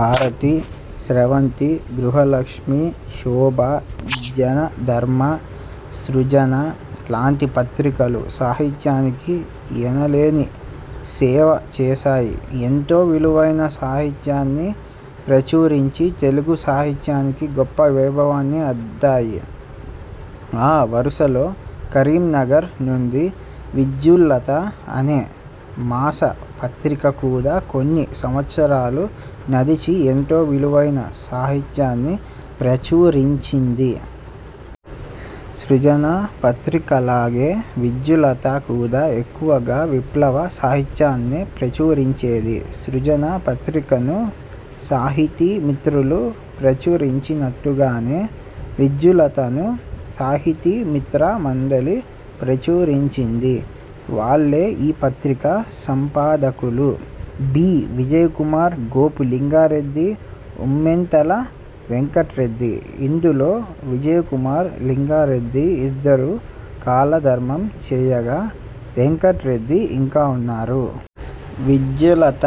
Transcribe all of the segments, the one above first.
భారతి, స్రవంతి, గృహలక్ష్మి, శోభ, జనధర్మ, సృజన లాంటి పత్రికలు సాహిత్యానికి ఎనలేని సేవచేశాయి. ఎంతో విలువైన సాహిత్యాన్ని ప్రచురించి తెలుగు సాహిత్యానికి గొప్ప వైభవాన్ని అద్దాయి. ఆ వరుసలో కరీంనగర్ నుండి 'విద్యుల్లత' అనే మాస పత్రిక కూడా కొన్ని సంవత్సరాలు నడిచి ఎంతో విలువైన సాహిత్యాన్ని ప్రచురించింది. సృజన పత్రికలాగే విద్యుల్లత కూడా ఎక్కువగా విప్లవ సాహిత్యాన్నే ప్రచురించేది. సృజన పత్రికను 'సాహితీ మిత్రులు' ప్రచురించినట్టుగానే విద్యుల్లతను 'సాహితీ మిత్ర మండలి' ప్రచురిం చింది. వాళ్లే ఈ పత్రిక సంపాదకులు: బి. విజయకుమార్, గోపు లింగా రెడ్డి, ఉమ్మెంతల వెంకట్రెడ్డి. ఇందులో విజయకుమార్, లింగారెడ్డి ఇద్దరూ కాలధర్మం చేయగా, వెంకట్రెడ్డి ఇంకా ఉన్నారు. విద్యుల్లత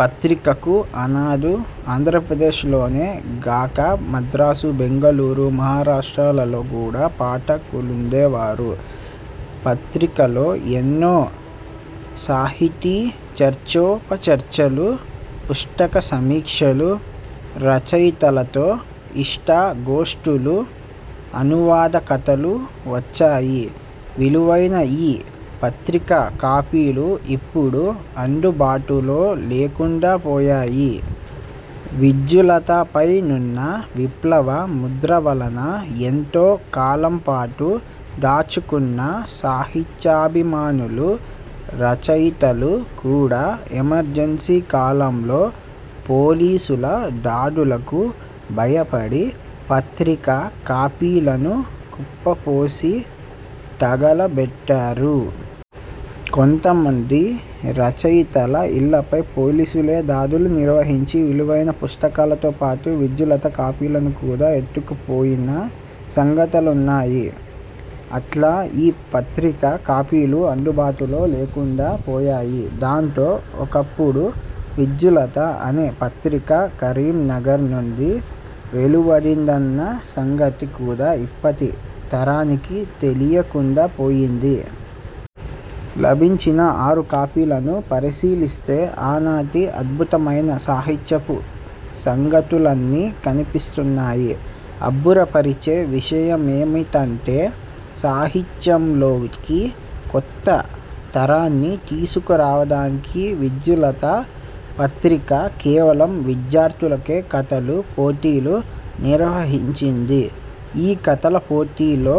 పత్రికకు ఆనాడు ఆంధ్రప్రదేశ్లోనే గాక మద్రాసు, బెంగుళూరు, మహారాష్ట్రలలో కూడా పాఠకులుండేవారు. పత్రికలో ఎన్నో సాహితీ చర్చోపచర్చలు, పుస్తకసమీక్షలు, రచయితలతో ఇష్టాగోష్ఠులు, అనువాద కథలూ వచ్చాయి. విలువైన ఈ పత్రిక కాపీలు ఇప్పుడు అందు బాటులో లేకుండా పోయాయి. విద్యుల్లతపైనున్న విప్లవ ముద్ర వలన ఎంతో కాలంపాటు దాచుకున్న సాహిత్యాభిమానులు, రచయితలు కూడా ఎమర్జెన్సీ కాలంలో పోలీసుల దాడులకు భయపడి పత్రిక కాపీలను కుప్పపోసి తగలబెట్టారు. కొంతమంది రచయితల ఇళ్లపై పోలీసులే దాడులు నిర్వహించి విలువైన పుస్తకాలతోపాటు విద్యుల్లత కాపీలను కూడా ఎత్తుకుపో యిన సంఘటనలున్నాయి. అట్లా ఈ పత్రిక కాపీలు అందుబాటులో లేకుండా పోయాయి. దాంతో ఒకప్పుడు విద్యుల్లత అనే పత్రిక కరీంనగర్ నుండి వెలువడిందన్న సంగతి కూడా ఇప్పటి తరానికి తెలియకుండా పోయింది. లభించిన ఆరు కాపీలను పరిశీలిస్తే ఆనాటి అద్భుతమైన సాహిత్యపు సంగతులన్నీ కనిపిస్తున్నాయి. అబ్బురపరిచే విషయమేంటంటే సాహిత్యంలోకి కొత్త తరాన్ని తీసుకురావడానికి విద్యుల్లత పత్రిక కేవలం విద్యార్థులకే కథలు పోటీలు నిర్వహించింది. ఈ కథల పోటీలో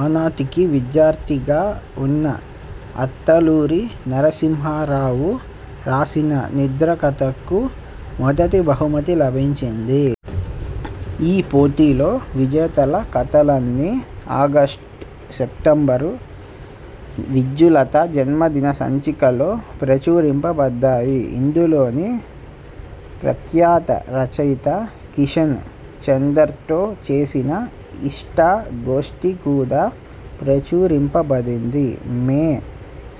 ఆనాటికి విద్యార్థిగా ఉన్న అత్తలూరి నరసింహారావు రాసిన 'నిద్ర' కథకు మొదటి బహుమతి లభించింది. ఈ పోటీలో విజేతల కథలన్నీ ఆగష్టు-సెప్టెంబర్ విద్యుల్లత జన్మదిన సంచికలో ప్రచురింపబడ్డాయి. ఇందులోనే ప్రఖ్యాత రచయిత కిషన్ చందర్తో చేసిన ఇష్టాగోష్ఠి కూడా ప్రచురింపబడింది. మే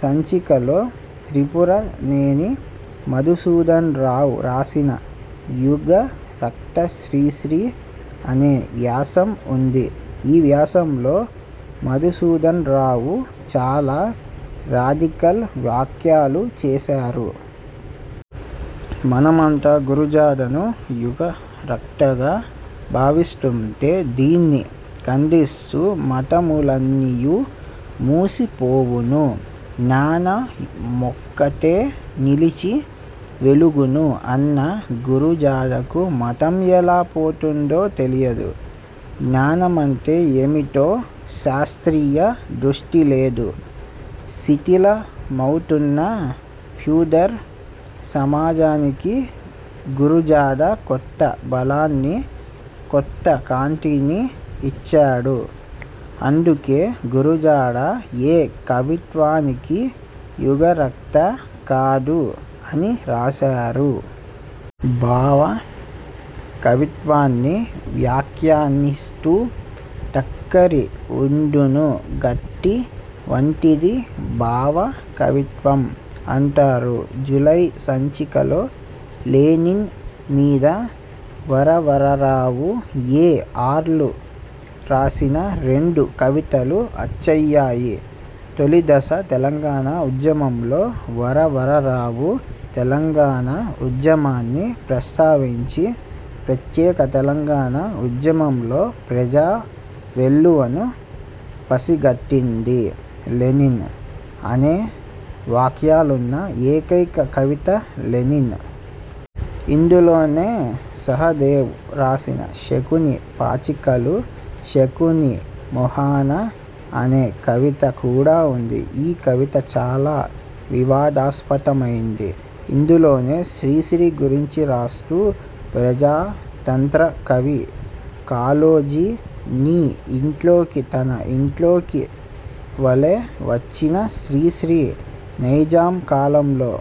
సంచికలో త్రిపురనేని మధుసూధన్ రావ్ రాసిన 'యుగకర్త శ్రీశ్రీ' అనే వ్యాసం ఉంది. ఈ వ్యాసంలో మధుసూదన్ రావు చాలా రాడికల్ వ్యాఖ్యాలు చేశారు. మనమంతా గురజాడను యురక్తగా భావిస్తుంటే దీన్ని ఖండిస్తూ '' 'మతములన్నియు మూసిపోవును, జ్ఞానమొక్కటె నిలిచి వెలుగును' అన్న గురజాడకు మతం ఎలా పోతుందో తెలియదు. జ్ఞానమంటే ఏమిటో శాస్త్రీయదృష్టి లేదు. శిథిలమవుతున్న ఫ్యూడల్ సమాజానికి గురజాడ కొత్తబలాన్ని, కొత్త కాంతిని ఇచ్చాడు. అందుకే గురజాడ ఏ కవిత్వానికి యుగరక్త కాడు'' అని రాశారు. భావ కవిత్వాన్ని వ్యాఖ్యానిస్తూ ''టక్కరి ఉండును గట్టి వంటిది భావకవిత్వం'' అంటారు. జులై సంచికలో లేనిన్ మీద వరవరరావు, ఏ. ఆర్లు రాసిన రెండు కవితలు అచ్చయ్యాయి. తొలిదశ తెలంగాణ ఉద్యమంలో వరవరరావు తెలంగాణ ఉద్యమాన్ని ప్రస్తావించి 'ప్రత్యేక తెలంగాణ ఉద్యమంలో/ ప్రజా వెల్లువను పసిగట్టింది లెనిన్' అనే వాక్యాలున్న ఏకైక కవిత 'లెనిన్'. ఇందులోనే సహదేవ్ రాసిన 'శకుని పాచికలు శకుని మొహాన' అనే కవిత కూడా ఉంది. ఈ కవిత చాలా వివాదాస్పదమైంది. ఇందులోనే శ్రీశ్రీ గురించి రాస్తూ ''ప్రజాతంత్ర కవి కాళోజీ, నీ ఇంట్లోకి తన ఇంట్లోకి వలె వచ్చిన శ్రీశ్రీ నైజాం కాలంలో